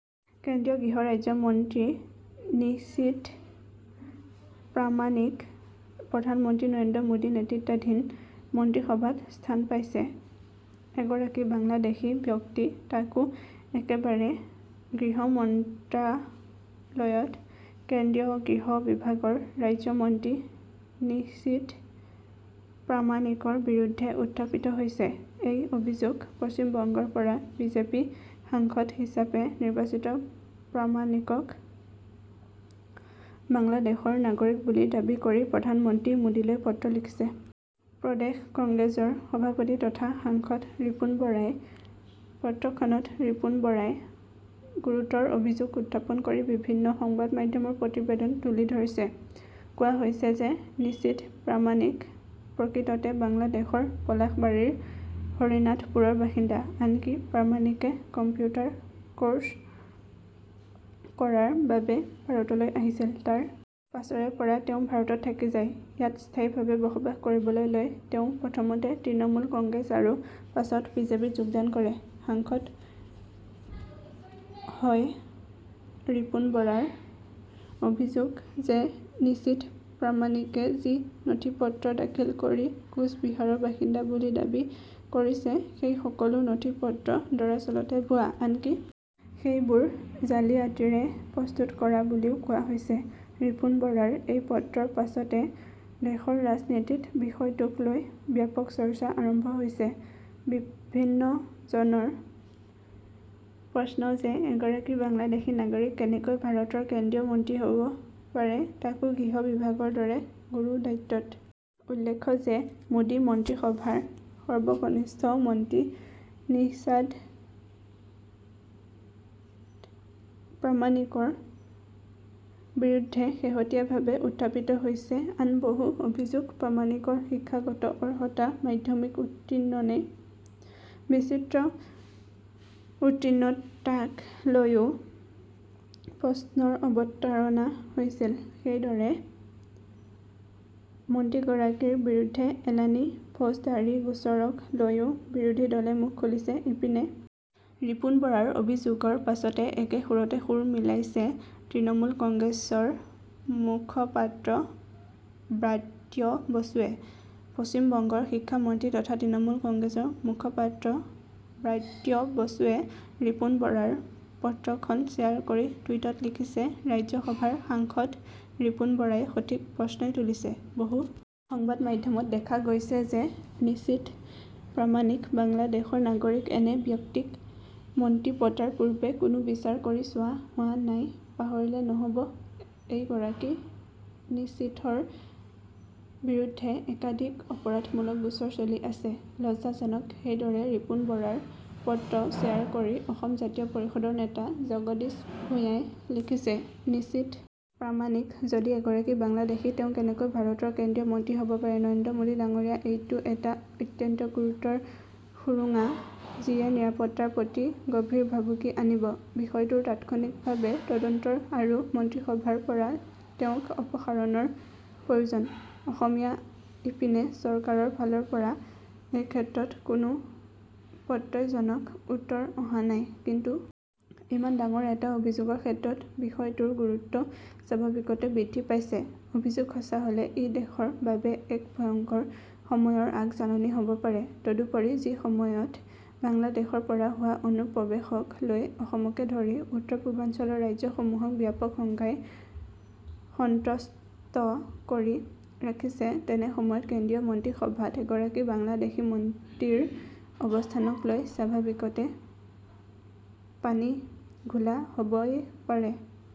কেন্দ্ৰীয় গৃহ ৰাজ্য মন্ত্ৰী নিশীথ প্ৰামানিক প্ৰধানমন্ত্ৰী নৰেন্দ্ৰ মোদী নেতৃত্বাধীন মন্ত্ৰীসভাত স্থান পাইছে। এগৰাকী বাংলাদেশী ব্যক্তি তাকো একেবাৰে গৃহ মন্ত্ৰ্যালয়ত কেন্দ্ৰীয় গৃহ বিভাগৰ ৰাজ্যমন্ত্ৰী নিশীথ প্ৰামানিকৰ বিৰুদ্ধে উত্থাপিত হৈছে। এই অভিযোগ পশ্চিমবংগৰ পৰা বিজেপি সাংসদ হিচাপে নিৰ্বাচিত প্ৰামানিকক বাংলাদেশৰ নাগৰিক বুলি দাবী কৰি প্ৰধানমন্ত্ৰী মোদীলৈ পত্ৰ লিখিছে। প্ৰদেশ কংগ্ৰেছৰ সভাপতি তথা সাংসদ ৰিপুন বৰাই পত্ৰখনত ৰিপুন বৰাই গুৰুতৰ অভিযোগ উত্থাপন কৰি বিভিন্ন সংবাদ মাধ্যমৰ প্ৰতিবেদন তুলি ধৰিছে। কোৱা হৈছে যে নিশীথ প্ৰামানিক প্ৰকৃততে বাংলাদেশৰ পলাশবাৰীৰ হৰিনাথপুৰৰ বাসিন্দা। আনকি প্ৰামানিকে কম্পিউটাৰ কোৰ্চ কৰাৰ বাবে ভাৰতলৈ আহিছিল। তাৰ পাছৰে পৰা তেওঁ ভাৰতত থাকি যায়। ইয়াত স্থায়ীভাৱে বসবাস কৰিবলৈ লৈ তেওঁ প্ৰথমতে তৃণমূল কংগ্ৰেছ আৰু পাছত বিজেপিত যোগদান কৰে ।সাংসদ হয়ৰিপুন বৰাৰ অভিযোগ যে নিশীথ প্ৰামানিকে যি নথিপত্ৰ দাখিল কৰি কোচবিহাৰৰ বাসিন্দা বুলি দাবী কৰিছে সেই সকলো নথিপত্ৰ দৰাচলতে ভুৱা। আনকি সেইবোৰ জালিয়াতিৰে প্ৰস্তুত কৰা বুলিও কোৱা হৈছে ।ৰিপুন বৰাৰ এই পত্ৰৰ পাছতে দেশৰ ৰাজনীতিত বিষয়টোক লৈ ব্যাপক চৰ্চা আৰম্ভ হৈছে। বিভিন্নজনৰ প্ৰশ্ন যে এগৰাকী বাংলাদেশী নাগৰিক কেনেকৈ ভাৰতৰ কেন্দ্ৰীয় মন্ত্ৰী হব পাৰে তাকো গৃহ বিভাগৰ দৰে গুৰু দায়িত্বত। উল্লেখ্য যে মোদী মন্ত্ৰীসভাৰ সৰ্বকনিষ্ঠ মন্ত্ৰী নিশাথ প্ৰামানিকৰ বিৰুদ্ধে শেহতীয়াভাৱে উত্থাপতি হৈছে আন বহু অভিযোগ প্ৰামানিকৰ শিক্ষাগত অৰ্হতা মাধ্যমিক উত্তীৰ্ণ নে! বিচিএ উত্তীৰ্ণ তাক লৈও প্ৰশ্নৰ অৱতাৰণা হৈছিল। সেইদৰে মন্ত্ৰীগৰাকীৰ বিৰুদ্ধে এলানি ফৌজদাৰি গোচৰক লৈও বিৰোধী দলে মুখ খুলিছে। ইপিনে ৰিপুন বৰাৰ অভিযোগৰ পাছতে একে সুৰতে সুৰ মিলাইছে তৃণমূল কংগ্ৰেছৰ মুখপাত্ৰ ব্ৰাত্য বসুৱে । পশ্চিমবংগৰ শিক্ষামন্ত্ৰী তথা তৃণমূল কংগ্ৰেছৰ মুখপাত্ৰ ব্ৰাত্য বসুৱে ৰিপুন বৰাৰ পত্ৰখন শ্বেয়াৰ কৰি টুইটত লিখিছে -ৰাজ্যসভাৰ সাংসদ ৰিপুন বৰাই সঠিক প্ৰশ্নই তুলিছে। বহু সংবাদ মাধ্যমত দেখা গৈছে যে- নিশীথ প্ৰামানিক বাংলাদেশৰ নাগৰিক এনে ব্যক্তিক মন্ত্ৰী পতাৰ পূৰ্বে কোনো বিচাৰ কৰি চোৱা হোৱা নাই পাহৰিলে নহ'ব এইগৰাকী নিশীথৰ বিৰুদ্ধে একাধিক অপৰাধমূলক গোচৰ চলি আছে। লজ্জাজনক সেইদৰে ৰিপুন বৰাৰ পত্ৰ শ্বেয়াৰ কৰি অসম জাতীয় পৰিষদৰ নেতা জগদীশ ভূঞাই লিখিছে। নিশীথ প্ৰামানিক যদি এগৰাকী বাংলাদেশী তেওঁ কেনেকৈ ভাৰতৰ কেন্দ্ৰীয় মন্ত্ৰী হব পাৰে নৰেন্দ্ৰ মোদী ডাঙৰীয়া এইটো এটা অত্যন্ত গুৰুতৰ সুৰুঙা যিয়ে নিৰাপত্তাৰ প্ৰতি গভীৰ ভাবুকি আনিব। বিষয়টোৰ তাৎক্ষণিকভাৱে তদন্তৰ আৰু মন্ত্ৰীসভাৰ পৰা তেওঁক অপসাৰণৰ প্ৰয়োজন, অসমীয়া ইপিনে চৰকাৰৰ ফালৰ পৰা এইক্ষেত্ৰত কোনো প্ৰত্যয়জনক উত্তৰ অহা নাই। কিন্তু ইমান ডাঙৰ এটা অভিযোগৰ ক্ষেত্ৰত বিষয়টোৰ গুৰুত্ব স্বাভাৱিকতে বৃদ্ধি পাইছে। অভিযোগ সঁচা হলে ই দেশৰ বাবে এক ভয়ংকৰ সময়ৰ আগ-জাননী হ'ব পাৰে। তদুপৰি যিসময়ত বাংলাদেশৰ পৰা হোৱা অনুপ্ৰৱেশক লৈ অসমকে ধৰি উত্তৰ-পূৰ্বাঞ্চলৰ ৰাজ্যসমূহক ব্যাপক শংকাই সন্ত্ৰস্ত কৰি ৰাখিছে ,তেনে সময়ত কেন্দ্ৰীয় মন্ত্ৰীসভাত এগৰাকী বাংলাদেশী মন্ত্ৰীৰ অৱস্থানক লৈ স্বাভাৱিকতে পানী ঘোলা হ'বই পাৰে।